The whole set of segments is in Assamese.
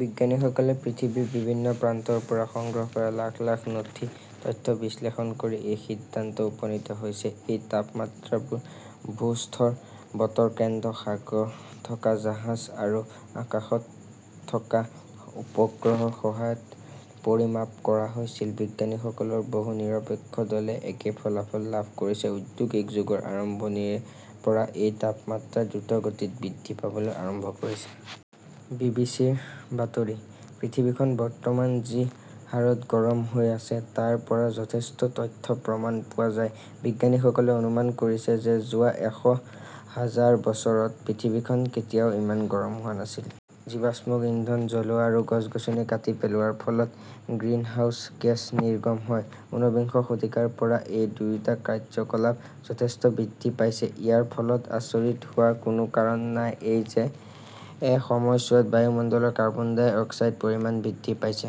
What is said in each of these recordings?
বিজ্ঞানীসকলে পৃথিৱীৰ বিভিন্ন প্ৰান্তৰ পৰা সংগ্ৰহ কৰা লাখ লাখ তথ্য বিশ্লেষণ কৰি এই সিদ্ধান্তত উপনীত হৈছে। এই তাপমাত্ৰাবোৰ ভূগৰ্ভস্থ বতৰ কেন্দ্ৰ, সাগৰত থকা জাহাজ আৰু আকাশত থকা উপগ্ৰহৰ সহায়ত পৰিমাপ কৰা হৈছিল। বিজ্ঞানীসকলৰ বহু নিৰপেক্ষ দলে একে ফলাফল লাভ কৰিছে-ঔদ্যোগিক যুগৰ আৰম্ভণিৰে পৰা এই তাপমাত্ৰা দ্ৰুতগতিত বৃদ্ধি পাবলৈ আৰম্ভ কৰিছে। বি. বি. চি. ৰ বাতৰি। পৃথিৱীখন বৰ্তমান যি হাৰত গৰম হৈ আছে তাৰ পৰা যথেষ্ট তথ্য প্ৰমাণ পোৱা যায়। বিজ্ঞানীসকলে অনুমান কৰিছে যে যোৱা এশ হাজাৰ বছৰত পৃথিৱীখন কেতিয়াও ইমান গৰম হোৱা নাছিল। জীৱাশ্ম ইন্ধন জ্বলোৱা আৰু গছ-গছনি কাটি পেলোৱাৰ ফলত গ্ৰিনহাউজ গেছ নিৰ্গমন হয়। ঊনবিংশ শতিকাৰ পৰা এই দুয়োটা কাৰ্যকলাপ যথেষ্ট বৃদ্ধি পাইছে। ইয়াৰ ফলত আচৰিত হোৱাৰ কোনো কাৰণ নাই যে এই সময়ছোৱাত বায়ুমণ্ডলত কাৰ্বন ডাই অক্সাইডৰ পৰিমাণ বৃদ্ধি পাইছে।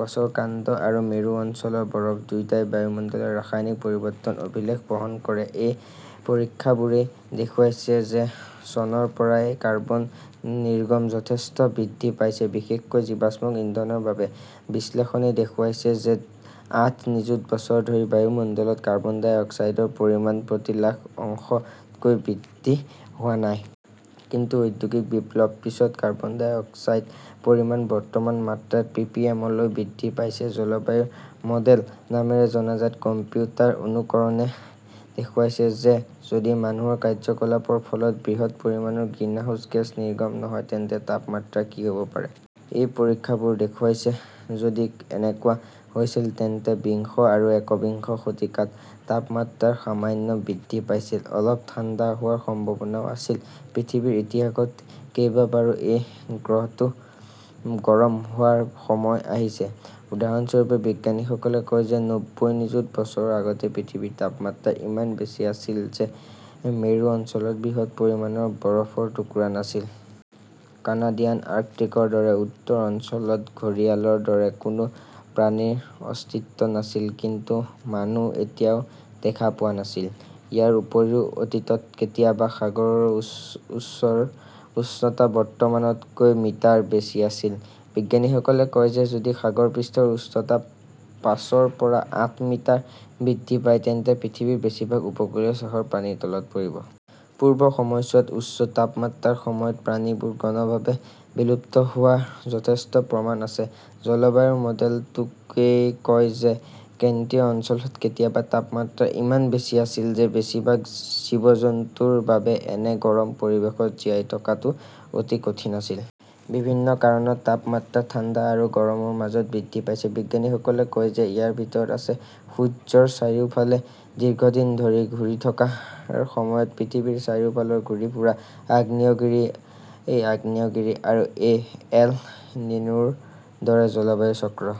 গছৰ কাণ্ড আৰু মেৰু অঞ্চলৰ বৰফ-দুয়োটাই বায়ুমণ্ডলত ৰাসায়নিক পৰিৱৰ্তনৰ অভিলেখ বহন কৰে। এই পৰীক্ষাবোৰে দেখুৱাইছে যে চনৰ পৰা কাৰ্বন নিৰ্গমন যথেষ্ট বৃদ্ধি পাইছে, বিশেষকৈ জীৱাশ্ম ইন্ধনৰ বাবে। বিশ্লেষণে দেখুৱাইছে যে আঠ নিযুত বছৰ ধৰি বায়ুমণ্ডলত কাৰ্বন ডাই অক্সাইডৰ পৰিমাণ প্ৰতি লাখত অংশ তকৈ অধিক বৃদ্ধি হোৱা নাই। কিন্তু ঔদ্যোগিক বিপ্লৱৰ পিছত কাৰ্বন ডাই অক্সাইডৰ পৰিমাণ বৰ্তমানৰ মাত্ৰাত পিপিএমলৈ বৃদ্ধি পাইছে। জলবায়ু মডেল নামেৰে জনাজাত কম্পিউটাৰ অনুকৰণে দেখুৱাইছে যে যদি মানুহৰ কাৰ্যকলাপৰ ফলত বৃহৎ পৰিমাণৰ গ্ৰিনহাউজ গেছ নিৰ্গমন নহয় তেন্তে তাপমাত্ৰা কি হ 'ব পাৰে। এই পৰীক্ষাবোৰে দেখুৱাইছে-যদি এনেকুৱা হৈছিল তেন্তে বিংশ আৰু একবিংশ শতিকাত তাপমাত্ৰা সামান্য বৃদ্ধি পাইছিল। অলপ ঠাণ্ডা হোৱাৰ সম্ভাৱনাও আছিল। পৃথিৱীৰ ইতিহাসত কেইবাবাৰো এই গ্ৰহটো গৰম হোৱাৰ সময় আহিছে। উদাহৰণস্বৰূপে, বিজ্ঞানীসকলে কয় যে নব্বৈ নিযুত বছৰ আগতে পৃথিৱীৰ তাপমাত্ৰা ইমান বেছি আছিল যে মেৰু অঞ্চলত বৃহৎ পৰিমাণৰ বৰফৰ টুকুৰা নাছিল। কানাডিয়ান আৰ্কটিকৰ দৰে উত্তৰ অঞ্চলত ঘঁৰিয়ালৰ দৰে কোনো প্ৰাণীৰ অস্তিত্ব নাছিল। কিন্তু মানুহ এতিয়াও দেখা পোৱা নাছিল। ইয়াৰ উপৰিও অতীতত কেতিয়াবা সাগৰৰ স্তৰৰ উচ্চতা বৰ্তমানতকৈ মিটাৰ বেছি আছিল। বিজ্ঞানীসকলে কয় যে যদি সাগৰৰ পৃষ্ঠৰ উচ্চতা পাঁচৰ পৰা আঠ মিটাৰ বৃদ্ধি পায় তেন্তে পৃথিৱীৰ বেছিভাগ উপকূলীয় চহৰ পানীৰ তলত পৰিব। পূৰ্বৰ সময়ছোৱাত উচ্চ তাপমাত্ৰাৰ সময়ত প্ৰাণীবোৰ গণভাৱে বিলুপ্ত হোৱাৰ যথেষ্ট প্ৰমাণ আছে। জলবায়ু মডেলটোৱে কয় যে ক্ৰান্তীয় অঞ্চলত কেতিয়াবা তাপমাত্ৰা ইমান বেছি আছিল যে বেছিভাগ জীৱ-জন্তুৰ বাবে এনে গৰম পৰিৱেশত জীয়াই থকাটো অতি কঠিন আছিল। বিভিন্ন কাৰণত তাপমাত্ৰা ঠাণ্ডা আৰু গৰমৰ মাজত বৃদ্ধি পাইছে। বিজ্ঞানীসকলে কয় যে ইয়াৰ ভিতৰত আছে সূৰ্যৰ চাৰিওফালে দীৰ্ঘদিন ধৰি ঘূৰি থকাৰ সময়ত পৃথিৱীৰ চাৰিওফালে ঘূৰি ফুৰা, আগ্নেয়গিৰিৰ আগ্নেয়গিৰি, আৰু এল নিনোৰ দৰে জলবায়ু চক্ৰ।